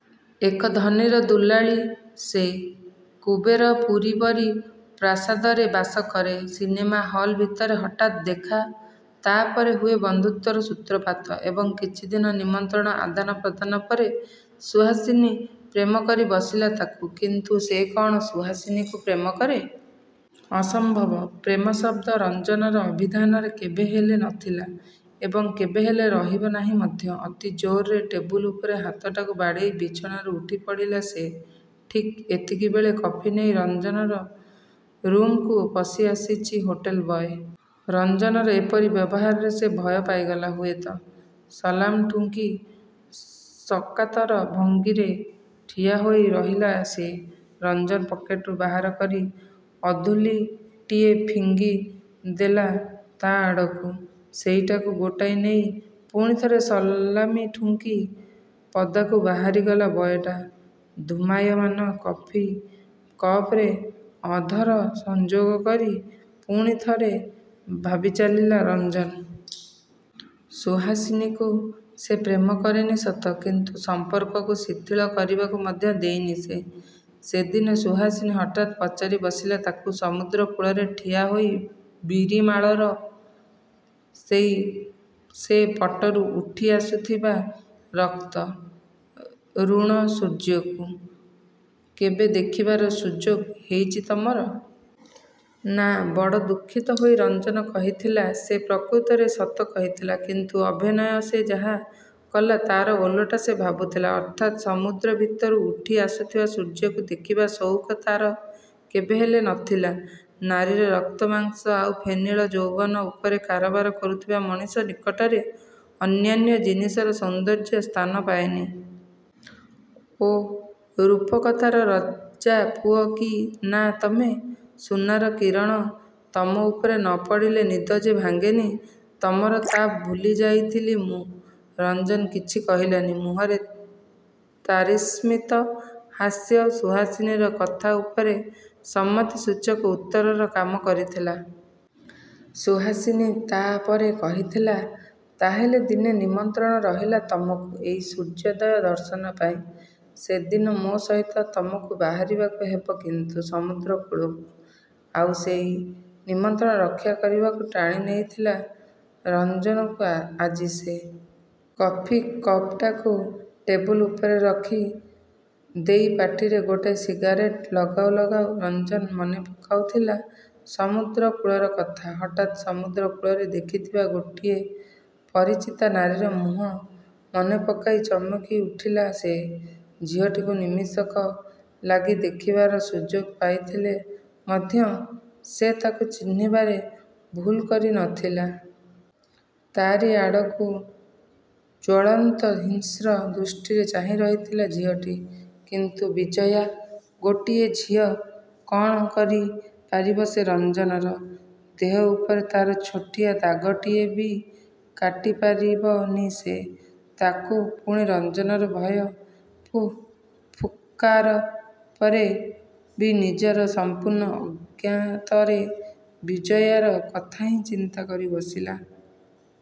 ଏକ ଧନୀର ଦୁଲାଳୀ ସେ। କୁବେରପୁରୀ ପରି ପ୍ରାସାଦରେ ବାସ କରେ। ସିନେମା ହଲ ଭିତରେ ହଠାତ୍ ଦେଖା। ତା' ପରେ ହୁଏ ବନ୍ଧୁତ୍ଵର ସୁତ୍ରପାତ। ଏବଂ କିଛିଦିନ ନିମନ୍ତ୍ରଣ ଆଦାନ ପ୍ରଦାନ ପରେ ସୁହାସିନୀ ପ୍ରେମ କରି ବସିଲା ତାକୁ। କିନ୍ତୁ ସେ କ'ଣ ସୁହାସିନୀକୁ ପ୍ରେମ କରେ……? ଅସମ୍ଭବ! ପ୍ରେମ ଶବ୍ଦ ରଞ୍ଜନର ଅଭିଧାନରେ କେବେହେଲେ ନ ଥିଲା ଏବଂ କେବେ ହେଲେ ରହିବ ନାହିଁ ମଧ୍ୟ। ଅତି ଜୋରରେ ଟେବୁଲ୍ ଉପରେ ହାତଟାକୁ ବାଡ଼େଇ ବିଛଣାରୁ ଉଠି ପଡ଼ିଲା ସେ। ଠିକ୍ ଏତିକିବେଳେ କଫି ନେଇ ରଞ୍ଜନର ରୁମ୍କୁ ପଶି ଆସିଚି ହୋଟେଲ ବୟ। ରଞ୍ଜନର ଏପରି ବ୍ୟବହାରରେ ସେ ଭୟ ପାଇଗଲା ହୁଏତ। ସଲାମ ଠୁଙ୍କି ସକାତର ଭଙ୍ଗୀରେ ଠିଆ ହୋଇ ରହିଲା ସେ। ରଞ୍ଜନ ପକେଟରୁ ବାହାର କରି ଅଧୁଲୀଟିଏ ଫିଙ୍ଗି ଦେଲା ତା' ଆଡ଼କୁ। ସେଇଟାକୁ ଗୋଟାଇ ନେଇ ପୁଣିଥରେ ସଲାମିଠୁଙ୍କି ପଦାକୁ ବାହାରିଗଲା ବୟଟା-। ଧୂମାୟମାନ କଫି କପରେ ଅଧର ସଂଯୋଗ କରି ପୁଣିଥରେ ଭାବି ଚାଲିଲା ରଞ୍ଜନ। ସୁହାସିନୀକୁ ସେ ପ୍ରେମ କରେନି ସତ, କିନ୍ତୁ ସମ୍ପର୍କକୁ ଶିଥିଳ କରିବାକୁ ମଧ୍ୟ ଦେଇନି ସେ। ସେଦିନ ସୁହାସିନୀ ହଠାତ୍ ପଚାରି ବସିଲା ତାକୁ। ସମୁଦ୍ର କୂଳରେ ଠିଆ ହୋଇ ବୀରିମାଳାର ସେଇ ସେ ପଟରୁ ଉଠି ଆସୁଥିବା ରକ୍ତ। ରୁଣ ସୂର୍ଯ୍ୟକୁ କେବେ ଦେଖିବାର ସୁଯୋଗ ହେଇଚି ତମର? '' "ନା" ବଡ଼ ଦୁଃଖିତ ହୋଇ ରଞ୍ଜନ କହିଥିଲା। ସେ ପ୍ରକୃତରେ ସତ କହିଥିଲା, କିନ୍ତୁ ଅଭିନୟ ସେ ଯାହା କଲା ତା'ର ଓଲଟା ସେ ଭାବୁଥିଲା। ଅର୍ଥାତ ସମୁଦ୍ର ଭିତରୁ ଉଠି ଆସୁଥିବା ସୂର୍ଯ୍ୟକୁ ଦେଖିବା ସଉକ ତା'ର କେବେହେଲେ ନ ଥିଲା। ନାରୀର ରକ୍ତ ମାଂସ ଆଉ ଫେନିଳ ଯୌବନ ଉପରେ କାରବାର କରୁଥିବା ମଣିଷ ନିକଟରେ ଅନ୍ୟାନ୍ୟ ଜିନିଷର ସୌନ୍ଦର୍ଯ୍ୟ ସ୍ଥାନ ପାଏନି। "ଓ" ରୂପକଥାର ରଜା ପୁଅ କି ନା ତମେ! ସୁନାର କିରଣ ତମ ଉପରେ ନ ପଡ଼ିଲେ ନିଦ ଯେ ଭାଙ୍ଗେନି ତମର, ତା' ଭୁଲି ଯାଇଥିଲି ମୁଁ। '' ରଞ୍ଜନ କିଛି କହିଲାନି। ମୁହଁରେ ତାରିସ୍ମିତ ହାସ୍ୟ ସୁହାସିନୀର କଥା ଉପରେ ସମ୍ମତିସୂଚକ ଉତ୍ତରର କାମ କରିଥିଲା। ସୁହାସିନୀ ତା' ପରେ କହିଥିଲା— "ତା' ହେଲେ ଦିନେ ନିମନ୍ତ୍ରଣ ରହିଲା ତମକୁ ଏଇ ସୂର୍ଯ୍ୟଦୟ ଦର୍ଶନ ପାଇଁ। ସେଦିନ ମୋ ସହିତ ତମକୁ ବାହାରିବାକୁ ହେବ କିନ୍ତୁ ସମୁଦ୍ର କୂଳକୁ। '' ଆଉ ସେଇ ନିମନ୍ତ୍ରଣ ରକ୍ଷା କରିବାକୁ ଟାଣି ନେଇଥିଲା ରଞ୍ଜନକୁ ଆଜି ସେ। କଫି କପ୍ଟାକୁ ଟେବୁଲ ଉପରେ ରଖି। ଦେଇ ପାଟିରେ ଗୋଟାଏ ସିଗାରେଟ ଲଗାଉ ଲଗାଉ ରଞ୍ଜନ ମନେ ପକାଉଥିଲା ସମୁଦ୍ର କୂଳର କଥା। ହଠାତ୍ ସମୁଦ୍ର କୂଳରେ ଦେଖିଥିବା ଗୋଟିଏ ପରିଚିତା ନାରୀର ମୁହଁ ମନେପକାଇ ଚମକି ଉଠିଲା ସେ। ଝିଅଟିକୁ ନିମିଷକ ଲାଗି ଦେଖିବାର ସୁଯୋଗ ପାଇଥିଲେ ମଧ୍ୟ ସେ ତାକୁ ଚିହ୍ନିବାରେ ଭୁଲ୍ କରି ନ ଥିଲା। ତା'ରି ଆଡ଼କୁ ଜ୍ଵଳନ୍ତ ହିଂସ୍ର ଦୃଷ୍ଟିରେ ଚାହିଁ ରହିଥିଲା ଝିଅଟି। କିନ୍ତୁ ବିଜୟା…! ଗୋଟିଏ ଝିଅ! କ'ଣ କରି ପାରିବ ସେ ରଞ୍ଜନର? ଦେହ ଉପରେ ତା'ର ଛୋଟିଆ ଦାଗଟିଏ ବି କାଟି ପାରିବ ନି ସେ। ତାକୁ ପୁଣି ରଞ୍ଜନର ଭୟ, ପୁଃ……. ଫୁତ୍କାର ପରେ ବି ନିଜର ସଂପୂର୍ଣ୍ଣ ଅଜ୍ଞାତରେ ବିଜୟାର କଥାହିଁ ଚିନ୍ତାକରି ବସିଲା।